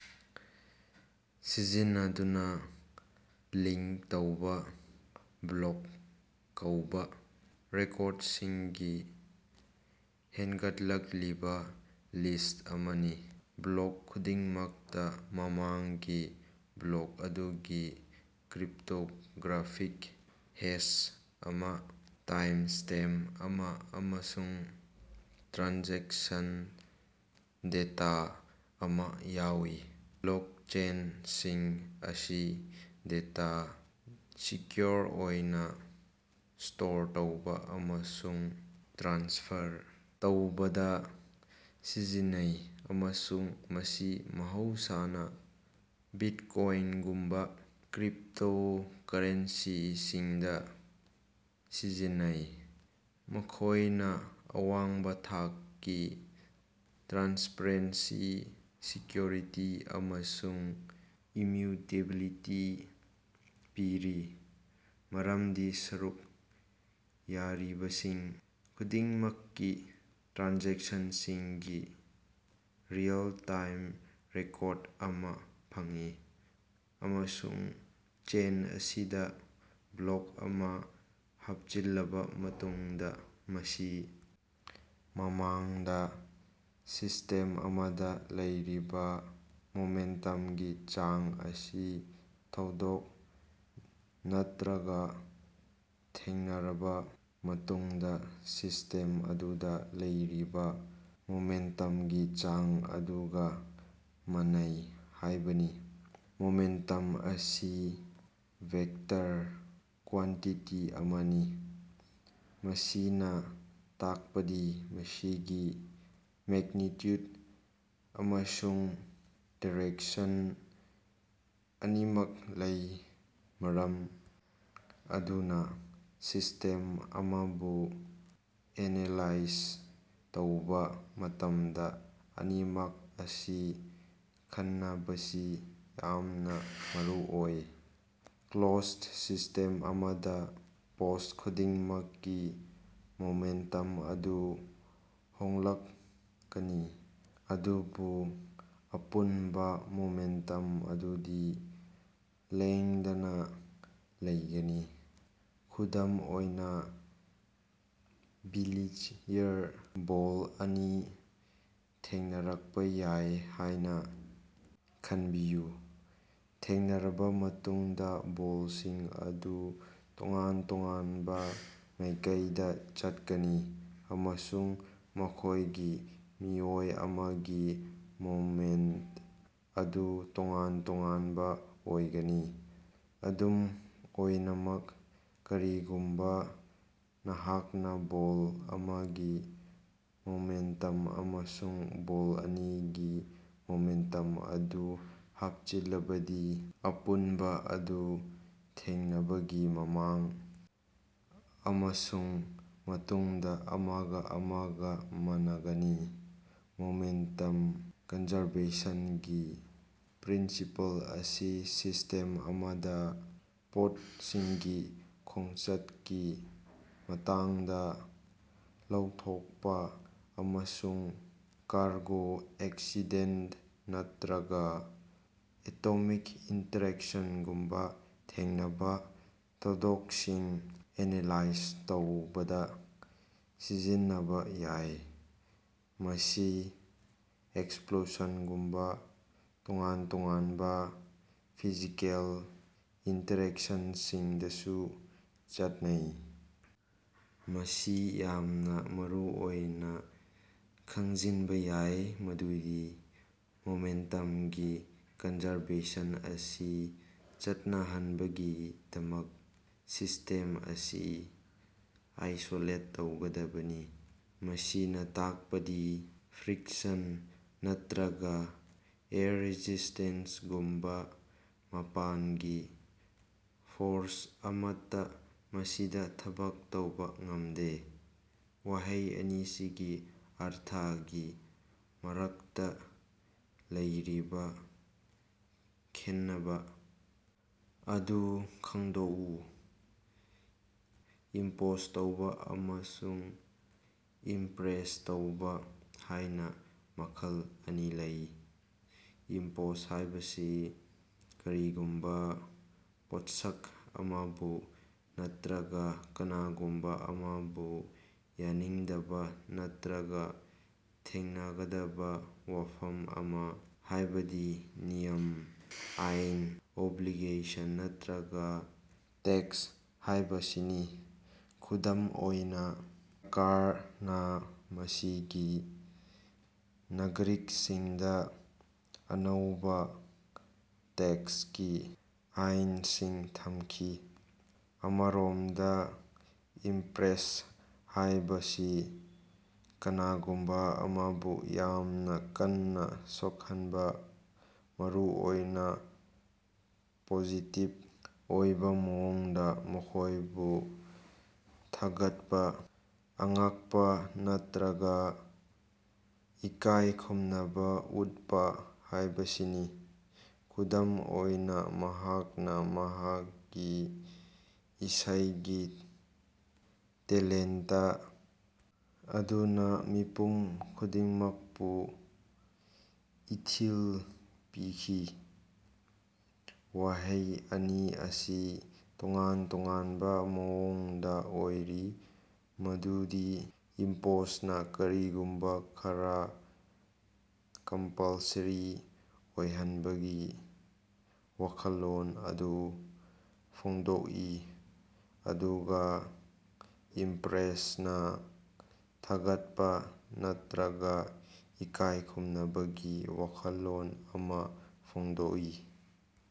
ꯁꯤꯖꯤꯟꯅꯗꯨꯅꯥ ꯂꯤꯡꯀ ꯇꯧꯕꯥ ꯕ꯭ꯂꯣꯛ ꯀꯧꯕꯥ ꯔꯦꯀꯣꯔꯗꯁꯤꯡꯒꯤ ꯍꯦꯟꯒꯠꯂꯛꯂꯤꯕꯥ ꯂꯤꯁ ꯑꯃꯅꯤ꯫ ꯕ꯭ꯂꯣꯛ ꯈꯨꯗꯤꯡꯃꯛꯇꯥ ꯃꯃꯥꯡꯒꯤ ꯕ꯭ꯂꯣꯛ ꯑꯗꯨꯒꯤ ꯀ꯭ꯔꯤꯞꯇꯣꯒ꯭ꯔꯥꯐꯤꯛ ꯍꯦꯁ ꯑꯃꯥ, ꯇꯥꯏꯝꯁ꯭ꯇꯦꯝ ꯑꯃꯥ ꯑꯃꯁꯨꯡ ꯇ꯭ꯔꯥꯟꯖꯦꯛꯁꯟ ꯗꯦꯇꯥ ꯑꯃꯥ ꯌꯥꯎꯏ꯫ ꯕ꯭ꯂꯣꯛꯆꯦꯟꯁꯤꯡ ꯑꯁꯤ ꯗꯦꯇꯥ ꯁꯦꯀ꯭ꯌꯨꯑꯣꯔ ꯑꯣꯏꯅꯥ ꯁ꯭ꯇꯣꯔ ꯇꯧꯕꯥ ꯑꯃꯁꯨꯡ ꯇ꯭ꯔꯥꯟꯁꯐꯔ ꯇꯧꯕꯗꯥ ꯁꯤꯖꯤꯟꯅꯩ ꯑꯃꯁꯨꯡ ꯃꯁꯤ ꯃꯍꯧꯁꯥꯅꯥ ꯕꯤꯠꯀꯣꯏꯟꯒꯨꯝꯕꯥ ꯀ꯭ꯔꯤꯞꯇꯣꯀꯔꯦꯟꯁꯤꯁꯤꯡꯗꯥ ꯁꯤꯖꯤꯟꯅꯩ꯫ ꯃꯈꯣꯏꯅꯥ ꯑꯋꯥꯡꯕꯥ ꯊꯥꯛꯀꯤ ꯇ꯭ꯔꯥꯟꯁꯄꯔꯦꯟꯁꯤ, ꯁꯦꯀ꯭ꯌꯨꯔꯤꯇꯤ ꯑꯃꯁꯨꯡ ꯏꯝꯃ꯭ꯌꯨꯇꯦꯕꯤꯂꯤꯇꯤ ꯄꯤꯔꯤ, ꯃꯔꯝꯗꯤ ꯁꯔꯨꯛ ꯌꯥꯔꯤꯕꯁꯤꯡ ꯈꯨꯗꯤꯡꯃꯛꯀꯤ ꯇ꯭ꯔꯥꯟꯖꯦꯛꯁꯟꯁꯤꯡꯒꯤ ꯔꯤꯑꯦꯜ-ꯇꯥꯏꯝ ꯔꯦꯀꯣꯔꯗ ꯑꯃꯥ ꯐꯪꯏ ꯑꯃꯁꯨꯡ ꯆꯦꯟ ꯑꯁꯤꯗꯥ ꯕ꯭ꯂꯣꯛ ꯑꯃꯥ ꯍꯥꯞꯆꯤꯜꯂꯕꯥ ꯃꯇꯨꯡꯗꯥ ꯃꯁꯤ ꯃꯃꯥꯡꯗꯥ ꯁꯤꯁꯇꯦꯝ ꯑꯃꯗꯥ ꯂꯩꯔꯤꯕꯥ ꯃꯣꯃꯦꯟꯇꯝꯒꯤ ꯆꯥꯡ ꯑꯁꯤ ꯊꯧꯗꯣꯛ ꯅꯠꯇ꯭ꯔꯒꯥ ꯊꯦꯡꯅꯔꯕꯥ ꯃꯇꯨꯡꯗꯥ ꯁꯤꯁꯇꯦꯝ ꯑꯗꯨꯗꯥ ꯂꯩꯔꯤꯕꯥ ꯃꯣꯃꯦꯟꯇꯝꯒꯤ ꯆꯥꯡ ꯑꯗꯨꯒꯥ ꯃꯥꯟꯅꯩ ꯍꯥꯏꯕꯅꯤ꯫ ꯃꯣꯃꯦꯟꯇꯝ ꯑꯁꯤ ꯚꯦꯛꯇꯔ ꯀ꯭ꯋꯥꯟꯇꯤꯇꯤ ꯑꯃꯅꯤ, ꯃꯁꯤꯅꯥ ꯇꯥꯛꯄꯗꯤ ꯃꯁꯤꯒꯤ ꯃꯦꯛꯅꯤꯆ꯭ꯌꯨꯠ ꯑꯃꯁꯨꯡ ꯗꯤꯔꯦꯛꯁꯟ ꯑꯅꯤꯃꯛ ꯂꯩ, ꯃꯔꯝ ꯑꯗꯨꯅꯥ ꯁꯤꯁꯇꯦꯝ ꯑꯃꯕꯨ ꯑꯦꯅꯥꯂꯥꯏꯖ ꯇꯧꯕꯥ ꯃꯇꯝꯗꯥ ꯑꯅꯤꯃꯛ ꯑꯁꯤ ꯈꯟꯅꯕꯁꯤ ꯌꯥꯝꯅꯥ ꯃꯔꯨꯑꯣꯏ꯫ ꯀ꯭ꯂꯣꯖꯗ ꯁꯤꯁꯇꯦꯝ ꯑꯃꯗꯥ, ꯄꯣꯁ ꯈꯨꯗꯤꯡꯃꯛꯀꯤ ꯃꯣꯃꯦꯟꯇꯝ ꯑꯗꯨ ꯍꯣꯡꯂꯛꯀꯅꯤ, ꯑꯗꯨꯕꯨ ꯑꯄꯨꯟꯕꯥ ꯃꯣꯃꯦꯟꯇꯝ ꯑꯗꯨꯗꯤ ꯂꯦꯡꯗꯅꯥ ꯂꯩꯒꯅꯤ꯫ ꯈꯨꯗꯝ ꯑꯣꯏꯅꯥ, ꯕꯤꯂꯤꯌꯔ ꯕꯣꯜ ꯑꯅꯤ ꯊꯦꯡꯅꯔꯛꯄꯥ ꯌꯥꯏ ꯍꯥꯏꯅꯥ ꯈꯟꯕꯤꯌꯨ꯫ ꯊꯦꯡꯅꯔꯕꯥ ꯃꯇꯨꯡꯗꯥ, ꯕꯣꯜꯁꯤꯡ ꯑꯗꯨ ꯇꯣꯉꯥꯟ-ꯇꯣꯉꯥꯟꯕ ꯃꯥꯏꯀꯩꯗꯥ ꯆꯠꯀꯅꯤ ꯑꯃꯁꯨꯡ ꯃꯈꯣꯏꯒꯤ ꯃꯤꯑꯣꯏ ꯑꯃꯒꯤ ꯃꯣꯃꯦꯟꯇ ꯑꯗꯨ ꯇꯣꯉꯥꯟ-ꯇꯣꯉꯥꯟꯕ ꯑꯣꯏꯒꯅꯤ꯫ ꯑꯗꯨꯝ ꯑꯣꯏꯅꯃꯛ, ꯀꯔꯤꯒꯨꯝꯕꯥ ꯅꯍꯥꯛꯅꯥ ꯕꯣꯜ ꯑꯃꯒꯤ ꯃꯣꯃꯦꯟꯇꯝ ꯑꯃꯁꯨꯡ ꯕꯣꯜ ꯑꯅꯤꯒꯤ ꯃꯣꯃꯦꯟꯇꯝ ꯑꯗꯨ ꯍꯥꯞꯆꯤꯜꯂꯕꯗꯤ, ꯑꯄꯨꯟꯕꯥ ꯑꯗꯨ ꯊꯦꯡꯅꯕꯒꯤ ꯃꯃꯥꯡ ꯑꯃꯁꯨꯡ ꯃꯇꯨꯡꯗꯥ ꯑꯃꯒꯥ ꯑꯃꯒꯥ ꯃꯥꯟꯅꯒꯅꯤ꯫ ꯃꯣꯃꯦꯟꯇꯝ ꯀꯟꯖꯔꯕꯦꯁꯟꯒꯤ ꯄ꯭ꯔꯤꯟꯁꯤꯄꯜ ꯑꯁꯤ ꯁꯤꯁꯇꯦꯝ ꯑꯃꯗꯥ ꯄꯣꯠꯁꯤꯡꯒꯤ ꯈꯣꯡꯆꯠꯀꯤ ꯃꯇꯥꯡꯗꯥ ꯂꯥꯎꯊꯣꯛꯄꯥ ꯑꯃꯁꯨꯡ ꯀꯥꯔꯒꯣ ꯑꯦꯛꯁꯤꯗꯦꯟꯇ ꯅꯠꯇ꯭ꯔꯒꯥ ꯑꯦꯇꯣꯃꯤꯛ ꯏꯟꯇꯔꯦꯛꯁꯟꯒꯨꯝꯕꯥ ꯊꯦꯡꯅꯕꯥ ꯊꯧꯗꯣꯛꯁꯤꯡ ꯑꯦꯅꯥꯂꯥꯏꯖ ꯇꯧꯕꯗꯥ ꯁꯤꯖꯤꯟꯅꯕꯥ ꯌꯥꯏ꯫ ꯃꯁꯤ ꯑꯦꯛꯁꯄ꯭ꯂꯣꯁꯟꯒꯨꯝꯕꯥ ꯇꯣꯉꯥꯟ-ꯇꯣꯉꯥꯟꯕꯥ ꯐꯤꯖꯤꯀꯦꯜ ꯏꯟꯇꯔꯦꯛꯁꯟꯁꯤꯡꯗꯁꯨ ꯆꯠꯅꯩ꯫ ꯃꯁꯤ ꯌꯥꯝꯅꯥ ꯃꯔꯨꯑꯣꯏꯅꯥ ꯈꯪꯖꯤꯟꯕꯥ ꯌꯥꯏ ꯃꯗꯨꯗꯤ ꯃꯣꯃꯦꯟꯇꯝꯒꯤ ꯀꯟꯖꯔꯕꯦꯁꯟ ꯑꯁꯤ ꯆꯠꯅꯍꯟꯅꯕꯒꯤꯗꯃꯛ, ꯁꯤꯁꯇꯦꯝ ꯑꯁꯤ ꯑꯥꯏꯁꯣꯂꯦꯠ ꯇꯧꯒꯗꯕꯅꯤ, ꯃꯁꯤꯅꯥ ꯇꯥꯛꯄꯗꯤ ꯐ꯭ꯔꯤꯛꯁꯟ ꯅꯠꯇ꯭ꯔꯒꯥ ꯑꯦꯌꯔ ꯔꯦꯁꯤꯁꯇꯦꯟꯁꯒꯨꯝꯕꯥ ꯃꯄꯥꯟꯒꯤ ꯐꯣꯔꯁ ꯑꯃꯠꯇꯥ ꯃꯁꯤꯗꯥ ꯊꯕꯛ ꯇꯧꯕꯥ ꯉꯝꯗꯦ꯫ ꯋꯥꯍꯩ ꯑꯅꯤꯁꯤꯒꯤ ꯑꯔꯊꯒꯤ ꯃꯔꯛꯇꯥ ꯂꯩꯔꯤꯕꯥ ꯈꯦꯟꯅꯕꯥ ꯑꯗꯨ ꯈꯪꯗꯣꯛꯎ꯫ ꯏꯝꯄꯣꯖ ꯇꯧꯕꯥ ꯑꯃꯁꯨꯡ ꯏꯝꯄ꯭ꯔꯦꯁ ꯇꯧꯕꯥ ꯍꯥꯏꯅ ꯃꯈꯜ ꯑꯅꯤ ꯂꯩ꯫ ꯏꯝꯄꯣꯖ ꯍꯥꯏꯕꯁꯤ ꯀꯔꯤꯒꯨꯝꯕꯥ ꯄꯣꯠꯁꯛ ꯑꯃꯕꯨ ꯅꯠꯇ꯭ꯔꯒꯥ ꯀꯅꯥꯒꯨꯝꯕꯥ ꯑꯃꯕꯨ ꯌꯥꯅꯤꯡꯗꯕꯥ ꯅꯠꯇ꯭ꯔꯒꯥ ꯊꯦꯡꯅꯒꯗꯕꯥ ꯋꯥꯐꯝ ꯑꯃꯥ, ꯍꯥꯏꯕꯗꯤ ꯅꯤꯌꯝ, ꯑꯥꯏꯟ, ꯑꯣꯕ꯭ꯂꯤꯒꯦꯁꯟ ꯅꯠꯇ꯭ꯔꯒꯥ ꯇꯦꯛꯁ ꯍꯥꯏꯕꯁꯤꯅꯤ꯫ ꯈꯨꯗꯝ ꯑꯣꯏꯅꯥ, ꯀꯥꯔꯅꯥ ꯃꯁꯤꯒꯤ ꯅꯥꯒꯔꯤꯛꯁꯤꯡꯗꯥ ꯑꯅꯧꯕꯥ ꯇꯦꯛꯁꯀꯤ ꯑꯥꯏꯟꯁꯤꯡ ꯊꯝꯈꯤ꯫ ꯑꯃꯔꯣꯝꯗꯥ, ꯏꯝꯄ꯭ꯔꯦꯁ ꯍꯥꯏꯕꯁꯤ ꯀꯅꯥꯒꯨꯝꯕꯥ ꯑꯃꯕꯨ ꯌꯥꯝꯅꯥ ꯀꯟꯅꯥ ꯁꯣꯛꯍꯟꯕꯥ, ꯃꯔꯨꯑꯣꯏꯅꯥ ꯄꯣꯖꯤꯇꯤꯚ ꯑꯣꯏꯕꯥ ꯃꯑꯣꯡꯗꯥ, ꯃꯈꯣꯏꯕꯨ ꯊꯥꯒꯠꯄꯥ, ꯑꯉꯛꯄꯥ ꯅꯠꯇ꯭ꯔꯒꯥ ꯏꯀꯥꯏ ꯈꯨꯝꯅꯕꯥ ꯎꯠꯄꯥ ꯍꯥꯏꯕꯁꯤꯅꯤ꯫ ꯈꯨꯗꯝ ꯑꯣꯏꯅꯥ, ꯃꯍꯥꯛꯅꯥ ꯃꯍꯥꯛꯀꯤ ꯏꯁꯩꯒꯤ ꯇꯦꯂꯦꯟꯇ ꯑꯗꯨꯅꯥ ꯃꯤꯄꯨꯝ ꯈꯨꯗꯤꯡꯃꯛꯄꯨ ꯏꯊꯤꯜ ꯄꯤꯈꯤ꯫ ꯋꯥꯍꯩ ꯑꯅꯤ ꯑꯁꯤ ꯇꯣꯉꯥꯟ ꯇꯣꯉꯥꯟꯕ ꯃꯑꯣꯡꯗꯥ ꯑꯣꯏꯔꯤ ꯃꯗꯨꯗꯤ ꯏꯝꯄꯣꯖꯅꯥ ꯀꯔꯤꯒꯨꯝꯕꯥ ꯈꯔꯥ ꯀꯝꯄꯜꯁꯔꯤ ꯑꯣꯏꯍꯟꯕꯒꯤ ꯋꯥꯈꯜꯂꯣꯟ ꯑꯗꯨ ꯐꯣꯡꯗꯣꯛꯏ ꯑꯗꯨꯒꯥ ꯏꯝꯄ꯭ꯔꯦꯁꯅꯥ ꯊꯥꯒꯠꯄꯥ ꯅꯠꯇ꯭ꯔꯒꯥ ꯏꯀꯥꯏ ꯈꯨꯝꯅꯕꯒꯤ ꯋꯥꯈꯜꯂꯣꯟ ꯑꯃꯥ ꯐꯣꯡꯗꯣꯛꯏ꯫